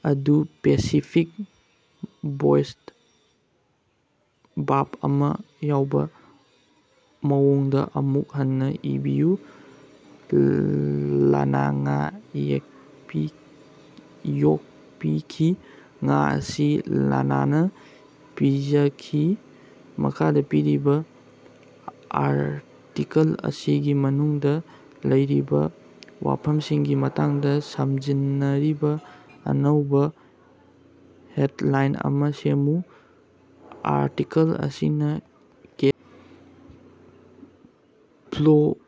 ꯑꯗꯨ Pacific ꯚꯣꯏꯁꯇ verb ꯑꯃ ꯌꯥꯎꯕꯥ ꯃꯑꯣꯡꯗꯥ ꯑꯃꯨꯛ ꯍꯟꯅꯥ ꯏꯕꯤꯌꯨ꯫ ꯂꯥꯅꯥ ꯉꯥ ꯌꯣꯛꯄꯤꯈꯤ꯫ ꯉꯥ ꯑꯁꯤ ꯂꯥꯅꯥꯅ ꯄꯤꯖꯈꯤ꯫ ꯃꯈꯥꯗ ꯄꯤꯔꯤꯕ ꯑꯥꯔꯇꯤꯀꯦꯜ ꯑꯁꯤꯒꯤ ꯃꯅꯨꯡꯗꯥ ꯂꯩꯔꯤꯕꯥ ꯋꯥꯐꯝꯁꯤꯡꯒꯤ ꯃꯇꯥꯡꯗ ꯁꯝꯖꯤꯟꯅꯔꯤꯕ ꯑꯅꯧꯕ ꯍꯦꯗꯂꯥꯏꯟ ꯑꯃ ꯁꯦꯝꯃꯨ꯫ ꯑꯥꯔꯇꯤꯀꯜ ꯑꯁꯤꯅ ꯀꯦꯁ ꯐ꯭ꯂꯣ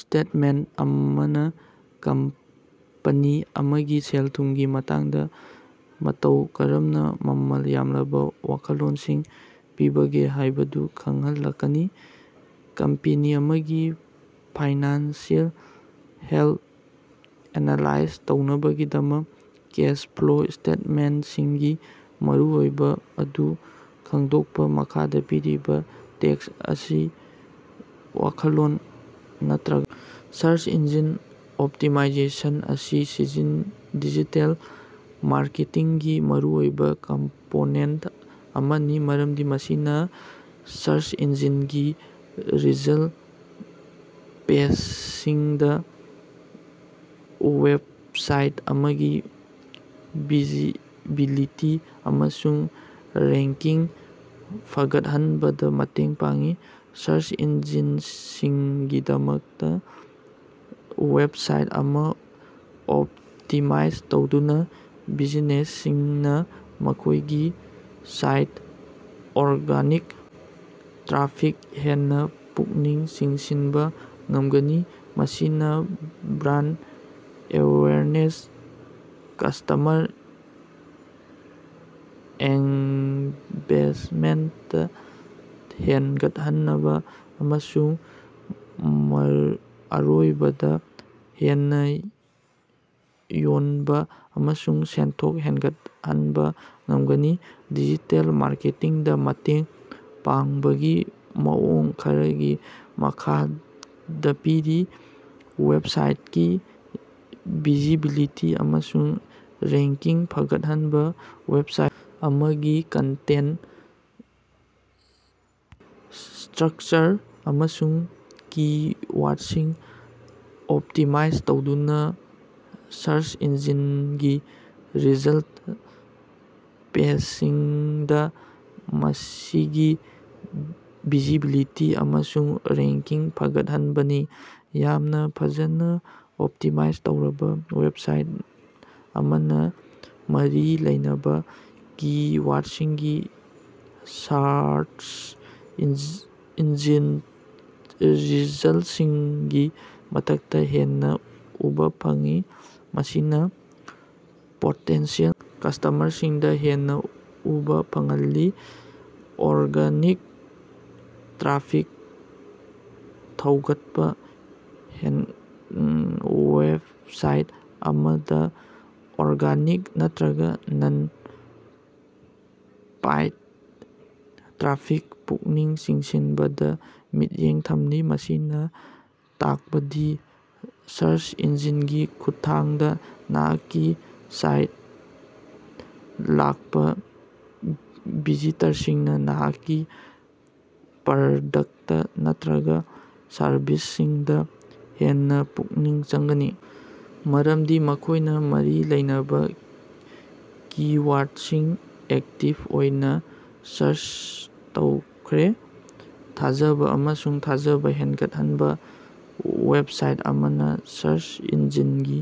ꯁ꯭ꯇꯦꯇꯃꯦꯟꯇ ꯑꯃꯅ ꯀꯝꯄꯅꯤ ꯑꯃꯒꯤ ꯁꯦꯜ-ꯊꯨꯝꯒꯤ ꯃꯇꯥꯡꯗ ꯃꯇꯧ ꯀꯔꯝꯅ ꯃꯃꯜ ꯌꯥꯝꯂꯕ ꯋꯥꯈꯜꯂꯣꯟꯁꯤꯡ ꯄꯤꯕꯒꯦ ꯍꯥꯏꯕꯗꯨ ꯈꯪꯍꯜꯂꯛꯀꯅꯤ꯫ ꯀꯝꯄꯦꯅꯤ ꯑꯃꯒꯤ ꯐꯥꯏꯅꯥꯟꯁꯤꯑꯦꯜ ꯍꯦꯜꯊ ꯑꯦꯅꯥꯂꯥꯏꯖ ꯇꯧꯅꯕꯒꯤꯗꯃꯛ ꯀꯦꯁ ꯐ꯭ꯂꯣ ꯁ꯭ꯇꯦꯇꯃꯦꯟꯇꯁꯤꯡꯒꯤ ꯃꯔꯨꯑꯣꯏꯕ ꯑꯗꯨ ꯈꯪꯗꯣꯛꯄꯥ꯫ ꯃꯈꯥꯗ ꯄꯤꯔꯤꯕ ꯇꯦꯛꯁ ꯑꯁꯤ ꯋꯥꯈꯜꯂꯣꯟ ꯅꯠꯇꯔꯒ ꯁꯔꯆ ꯏꯟꯖꯤꯟ ꯑꯣꯞꯇꯤꯃꯥꯏꯖꯦꯁꯟ ꯑꯁꯤ ꯗꯤꯖꯤꯇꯦꯜ ꯃꯥꯔꯀꯦꯇꯤꯡꯒꯤ ꯃꯔꯨꯑꯣꯏꯕ ꯀꯝꯄꯣꯅꯦꯟꯇ ꯑꯃꯅꯤ ꯃꯔꯝꯗꯤ ꯃꯁꯤꯅ ꯁꯔꯆ ꯏꯟꯖꯤꯅꯒꯤ ꯔꯤꯖꯜꯇ ꯄꯦꯖꯁꯤꯡꯗ ꯋꯦꯕꯁꯥꯏꯠ ꯑꯃꯒꯤ ꯚꯤꯖꯤꯕꯤꯂꯤꯇꯤ ꯑꯃꯁꯨꯡ ꯔꯦꯡꯀꯤꯡ ꯐꯒꯠꯍꯟꯕꯗ ꯃꯇꯦꯡ ꯄꯥꯡꯏ꯫ ꯁꯔꯆ ꯏꯟꯖꯤꯅꯁꯤꯡꯒꯤꯗꯃꯛꯇ ꯋꯦꯕꯁꯥꯏꯠ ꯑꯃ ꯑꯣꯞꯇꯤꯃꯥꯏꯖ ꯇꯧꯗꯨꯅ, ꯕꯤꯖꯤꯅꯦꯁꯁꯤꯡꯅꯥ ꯃꯈꯣꯏꯒꯤ ꯁꯥꯏꯠꯇ ꯑꯣꯔꯒꯥꯅꯤꯛ ꯇ꯭ꯔꯥꯐꯤꯛ ꯍꯦꯟꯅ ꯄꯨꯛꯅꯤꯡ ꯆꯤꯡꯁꯤꯟꯕ ꯉꯝꯒꯅꯤ, ꯃꯁꯤꯅ ꯕ꯭ꯔꯥꯟꯗ ꯑꯦꯋꯦꯌꯔꯅꯦꯁ, ꯀꯁ꯭ꯇꯃꯔ ꯑꯦꯉ꯭ꯒꯦꯖꯃꯦꯟꯇ ꯍꯦꯅꯒꯠꯍꯅꯕꯥ, ꯑꯃꯁꯨꯡ ꯑꯔꯣꯏꯕꯗꯥ, ꯍꯦꯟꯅꯥ ꯌꯣꯅꯕꯥ ꯑꯃꯁꯨꯡ ꯁꯦꯟꯊꯣꯛ ꯍꯦꯅꯒꯠꯍꯅꯕꯥ ꯉꯝꯒꯅꯤ꯫ ꯗꯤꯖꯤꯇꯦꯜ ꯃꯥꯔꯀꯦꯇꯤꯡꯗꯥ ꯃꯇꯦꯡ ꯄꯥꯡꯕꯒꯤ ꯃꯑꯣꯡ ꯈꯔꯗꯤ ꯃꯈꯥꯗꯥ ꯄꯤꯔꯤ ꯋꯦꯕꯁꯥꯏꯇꯀꯤ ꯚꯤꯖꯤꯕꯤꯂꯤꯇꯤ ꯑꯃꯁꯨꯡ ꯔꯦꯡꯀꯤꯡ ꯐꯒꯠꯍꯟꯕ ꯋꯦꯕꯁꯥꯏꯠ ꯑꯃꯒꯤ ꯀꯟꯇꯦꯟꯇ, ꯁ꯭ꯠꯔꯀꯆꯔ ꯑꯃꯁꯨꯡ ꯀꯤ-ꯋꯥꯔꯗꯁꯤꯡ ꯑꯣꯞꯇꯤꯃꯥꯏꯖ ꯇꯧꯗꯨꯅꯥ ꯁꯔꯆ ꯏꯟꯖꯤꯅꯒꯤ ꯔꯤꯖꯜꯇ ꯄꯦꯖꯁꯤꯡꯗꯥ ꯃꯁꯤꯒꯤ ꯚꯤꯖꯤꯕꯤꯂꯤꯇꯤ ꯑꯃꯁꯨꯡ ꯔꯦꯡꯀꯤꯡ ꯐꯒꯠꯍꯟꯕꯅꯤ꯫ ꯌꯥꯝꯅ ꯐꯖꯅ ꯑꯣꯞꯇꯤꯃꯥꯏꯖ ꯇꯧꯔꯕ ꯋꯦꯕꯁꯥꯏꯠ ꯑꯃꯅ ꯃꯔꯤ ꯂꯩꯅꯕꯥ ꯀꯤ-ꯋꯥꯔꯗꯁꯤꯡꯒꯤ ꯁꯥꯔꯆ ꯔꯤꯖꯜꯇꯁꯤꯡꯒꯤ ꯃꯊꯛꯇ ꯍꯦꯟꯅ ꯎꯕꯥ ꯐꯪꯏ꯫ ꯃꯁꯤꯅ ꯄꯣꯇꯦꯟꯁꯤꯌꯦꯜ ꯀꯁ꯭ꯇꯃꯔꯁꯤꯡꯗ ꯍꯦꯟꯅ ꯎꯕ ꯐꯪꯍꯜꯂꯤ꯫ ꯑꯣꯔꯒꯥꯅꯤꯛ ꯇ꯭ꯔꯥꯐꯤꯛ ꯊꯧꯒꯠꯄ ꯋꯦꯕꯁꯥꯏꯠ ꯑꯃꯗ ꯑꯣꯔꯒꯥꯅꯤꯛ, ꯅꯠꯇꯔꯒ ꯅꯟ-ꯄꯦꯏꯗ ꯇ꯭ꯔꯥꯐꯤꯛ ꯄꯨꯛꯅꯤꯡ ꯆꯤꯡꯁꯤꯟꯕꯗ ꯃꯤꯠꯌꯦꯡ ꯊꯝꯂꯤ꯫ ꯃꯁꯤꯅ ꯇꯥꯛꯄꯗꯤ ꯁꯔꯆ ꯏꯟꯖꯤꯟꯒꯤ ꯈꯨꯠꯊꯥꯡꯗ ꯅꯍꯥꯛꯀꯤ ꯁꯥꯏꯇ ꯂꯥꯛꯄ ꯚꯤꯖꯤꯇꯔꯁꯤꯡꯅ ꯅꯍꯥꯛꯀꯤ ꯄ꯭ꯔꯗꯛꯇ ꯅꯠꯇꯔꯒ ꯁꯔꯚꯤꯁꯁꯤꯡꯗ ꯍꯦꯟꯅ ꯄꯨꯛꯅꯤꯡ ꯆꯪꯒꯅꯤ ꯃꯔꯝꯗꯤ ꯃꯈꯣꯏꯅ ꯃꯔꯤ ꯂꯩꯅꯕ ꯀꯤ-ꯋꯥꯔꯗꯁꯤꯡ ꯑꯦꯛꯇꯤꯕ ꯑꯣꯏꯅ ꯁꯥꯔꯆ ꯇꯧꯈ꯭ꯔꯦ꯫ ꯊꯥꯖꯕ ꯑꯃꯁꯨꯡ ꯊꯥꯖꯕ ꯍꯦꯟꯒꯠꯍꯟꯕ ꯋꯦꯕꯁꯥꯏꯠ ꯑꯃꯅ ꯁꯔꯆ ꯏꯟꯖꯤꯟꯒꯤ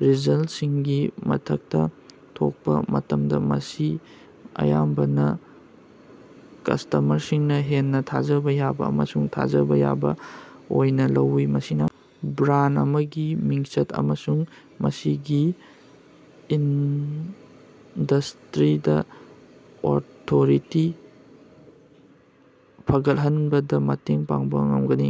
ꯔꯤꯖꯜꯇꯁꯤꯡꯒꯤ ꯃꯊꯛꯇꯥ ꯊꯣꯛꯄ ꯃꯇꯝꯗ ꯃꯁꯤ ꯑꯌꯥꯝꯕꯅ ꯀꯁ꯭ꯇꯃꯔꯁꯤꯡꯅ ꯍꯦꯟꯅ ꯊꯥꯖꯕ ꯌꯥꯕ ꯑꯃꯁꯨꯡ ꯊꯥꯖꯕ ꯌꯥꯕ ꯑꯣꯏꯅ ꯂꯧꯏ꯫ ꯃꯁꯤꯅ ꯕ꯭ꯔꯥꯟꯗ ꯑꯃꯒꯤ ꯃꯤꯡꯆꯠ ꯑꯃꯁꯨꯡ ꯃꯁꯤꯒꯤ ꯏꯟꯗꯁ꯭ꯠꯔꯤꯗ ꯑꯣꯊꯣꯔꯤꯇꯤ ꯐꯒꯠꯍꯟꯕꯗ ꯃꯇꯦꯡ ꯄꯥꯡꯕ ꯉꯝꯒꯅꯤ꯫